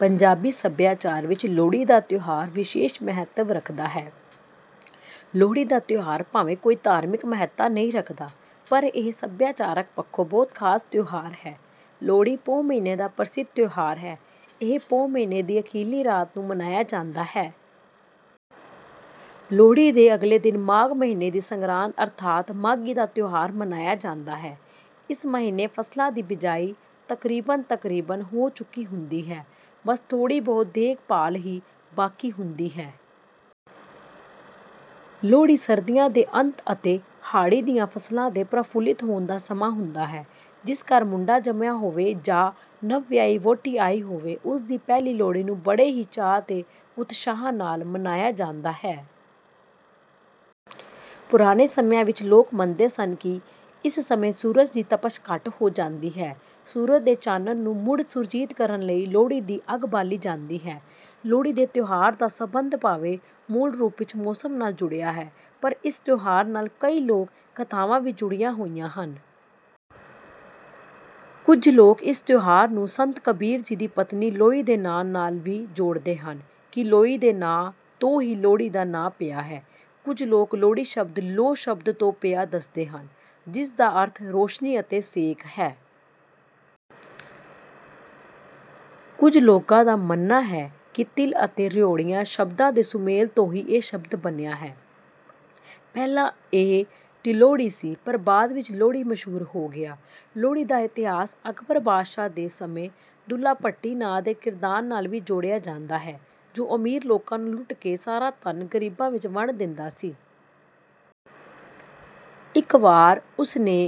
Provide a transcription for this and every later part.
ਪੰਜਾਬੀ ਸੱਭਿਆਚਾਰ ਵਿੱਚ ਲੋਹੜੀ ਦਾ ਤਿਉਹਾਰ ਵਿਸ਼ੇਸ਼ ਮਹੱਤਵ ਰੱਖਦਾ ਹੈ। ਲੋਹੜੀ ਦਾ ਤਿਉਹਾਰ ਭਾਵੇਂ ਕੋਈ ਧਾਰਮਿਕ ਮਹੱਤਤਾ ਨਹੀਂ ਰੱਖਦਾ, ਪਰ ਇਹ ਸੱਭਿਆਚਾਰਕ ਪੱਖੋਂ ਬਹੁਤ ਖ਼ਾਸ ਤਿਉਹਾਰ ਹੈ। ਲੋਹੜੀ ਪੋਹ ਮਹੀਨੇ ਦਾ ਪ੍ਰਸਿੱਧ ਤਿਉਹਾਰ ਹੈ, ਇਹ ਪੋਹ ਮਹੀਨੇ ਦੀ ਅਖੀਰਲੀ ਰਾਤ ਨੂੰ ਮਨਾਇਆ ਜਾਂਦਾ ਹੈ। ਲੋਹੜੀ ਤੋਂ ਅਗਲੇ ਦਿਨ ਮਾਘ ਮਹੀਨੇ ਦੀ ਸੰਗਰਾਂਦ, ਅਰਥਾਤ ਮਾਘੀ ਦਾ ਤਿਉਹਾਰ, ਮਨਾਇਆ ਜਾਂਦਾ ਹੈ। ਇਸ ਮਹੀਨੇ ਫ਼ਸਲਾਂ ਦੀ ਬਿਜਾਈ ਤਕਰੀਬਨ-ਤਕਰੀਬਨ ਹੋ ਚੁੱਕੀ ਹੁੰਦੀ ਹੈ, ਬੱਸ ਥੋੜ੍ਹੀ ਬਹੁਤ ਦੇਖ ਭਾਲ ਹੀ ਬਾਕੀ ਹੁੰਦੀ ਹੈ। ਲੋਹੜੀ ਸਰਦੀਆਂ ਦੇ ਅੰਤ ਅਤੇ ਹਾੜ੍ਹੀ ਦੀਆਂ ਫ਼ਸਲਾਂ ਦੇ ਪ੍ਰਫੁੱਲਿਤ ਹੋਣ ਦਾ ਸਮਾਂ ਹੁੰਦਾ ਹੈ। ਜਿਸ ਘਰ ਮੁੰਡਾ ਜੰਮਿਆ ਹੋਵੇ ਜਾਂ ਨਵਵਿਆਹੀ ਵਹੁਟੀ ਆਈ ਹੋਵੇ, ਉਸ ਦੀ ਪਹਿਲੀ ਲੋਹੜੀ ਨੂੰ ਬੜੇ ਹੀ ਚਾਅ ਤੇ ਉਤਸ਼ਾਹ ਨਾਲ ਮਨਾਇਆ ਜਾਂਦਾ ਹੈ। ਪੁਰਾਣੇ ਸਮਿਆਂ ਵਿੱਚ ਲੋਕ ਮੰਨਦੇ ਸਨ ਕਿ ਇਸ ਸਮੇਂ ਸੂਰਜ ਦੀ ਤਪਸ਼ ਘੱਟ ਹੋ ਜਾਂਦੀ ਹੈ। ਸੂਰਜ ਦੇ ਚਾਨਣ ਨੂੰ ਮੁੜ ਸੁਰਜੀਤ ਕਰਨ ਲਈ ਲੋਹੜੀ ਦੀ ਅੱਗ ਬਾਲੀ ਜਾਂਦੀ ਹੈ। ਲੋਹੜੀ ਦੇ ਤਿਉਹਾਰ ਦਾ ਸਬੰਧ ਭਾਵੇਂ ਮੂਲ ਰੂਪ ਵਿਚ ਮੌਸਮ ਨਾਲ ਜੁੜਿਆ ਹੈ, ਪਰ ਇਸ ਤਿਉਹਾਰ ਨਾਲ ਕਈ ਲੋਕ-ਕਥਾਵਾਂ ਵੀ ਜੁੜੀਆਂ ਹੋਈਆਂ ਹਨ। ਕੁਝ ਲੋਕ ਇਸ ਤਿਉਹਾਰ ਨੂੰ ਸੰਤ ਕਬੀਰ ਜੀ ਦੀ ਪਤਨੀ 'ਲੋਈ' ਦੇ ਨਾਂਅ ਨਾਲ ਵੀ ਜੋੜਦੇ ਹਨ ਕਿ 'ਲੋਈ' ਦੇ ਨਾਂਅ ਤੋਂ ਹੀ 'ਲੋਹੜੀ' ਦਾ ਨਾਂਅ ਪਿਆ ਹੈ। ਕੁਝ ਲੋਕ ਲੋਹੜੀ ਸ਼ਬਦ 'ਲੋਹ' ਸ਼ਬਦ ਤੋਂ ਪਿਆ ਦੱਸਦੇ ਹਨ, ਜਿਸ ਦਾ ਅਰਥ ਰੌਸ਼ਨੀ ਅਤੇ ਸੇਕ ਹੈ। ਕੁਝ ਲੋਕਾਂ ਦਾ ਮੰਨਣਾ ਹੈ ਕਿ ਤਿਲ ਅਤੇ ਰਿਉੜੀਆਂ ਸ਼ਬਦਾਂ ਦੇ ਸੁਮੇਲ ਤੋਂ ਇਹ ਸ਼ਬਦ ਬਣਿਆ ਹੈ, ਪਹਿਲਾਂ ਇਹ 'ਤਿਲੋਹੜੀ' ਸੀ, ਪਰ ਬਾਅਦ ਵਿੱਚ 'ਲੋਹੜੀ' ਮਸ਼ਹੂਰ ਹੋ ਗਿਆ। ਲੋਹੜੀ ਦਾ ਇਤਿਹਾਸ ਅਕਬਰ ਬਾਦਸ਼ਾਹ ਦੇ ਸਮੇਂ 'ਦੁੱਲਾ ਭੱਟੀ' ਨਾਂਅ ਦੇ ਕਿਰਦਾਰ ਨਾਲ ਵੀ ਜੋੜਿਆ ਜਾਂਦਾ ਹੈ, ਜੋ ਅਮੀਰ ਲੋਕਾਂ ਨੂੰ ਲੁੱਟ ਕੇ ਸਾਰਾ ਧਨ ਗ਼ਰੀਬਾਂ ਵਿੱਚ ਵੰਡ ਦਿੰਦਾ ਸੀ। ਇੱਕ ਵਾਰ ਉਸ ਨੇ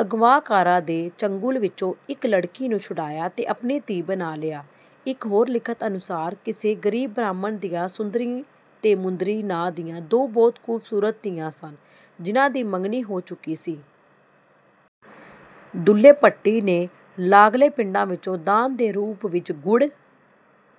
ਅਗਵਾਕਾਰਾਂ ਦੇ ਚੁੰਗਲ ਵਿਚੋਂ ਇੱਕ ਲੜਕੀ ਨੂੰ ਛੁਡਾਇਆ ਤੇ ਆਪਣੀ ਧੀ ਬਣਾ ਲਿਆ। ਇੱਕ ਹੋਰ ਲਿਖਤ ਅਨੁਸਾਰ ਕਿਸੇ ਗ਼ਰੀਬ ਬ੍ਰਾਹਮਣ ਦੀਆਂ ਸੁੰਦਰੀ ਤੇ ਮੁੰਦਰੀ ਨਾਂਅ ਦੀਆਂ ਦੋ ਬਹੁਤ ਖੂਬਸੂਰਤ ਧੀਆਂ ਸਨ, ਜਿਨ੍ਹਾਂ ਦੀ ਮੰਗਣੀ ਹੋ ਚੁੱਕੀ ਸੀ। ਦੁੱਲੇ ਭੱਟੀ ਨੇ ਲਾਗਲੇ ਪਿੰਡਾਂ ਵਿਚੋਂ ਦਾਨ ਦੇ ਰੂਪ ਵਿੱਚ ਗੁੜ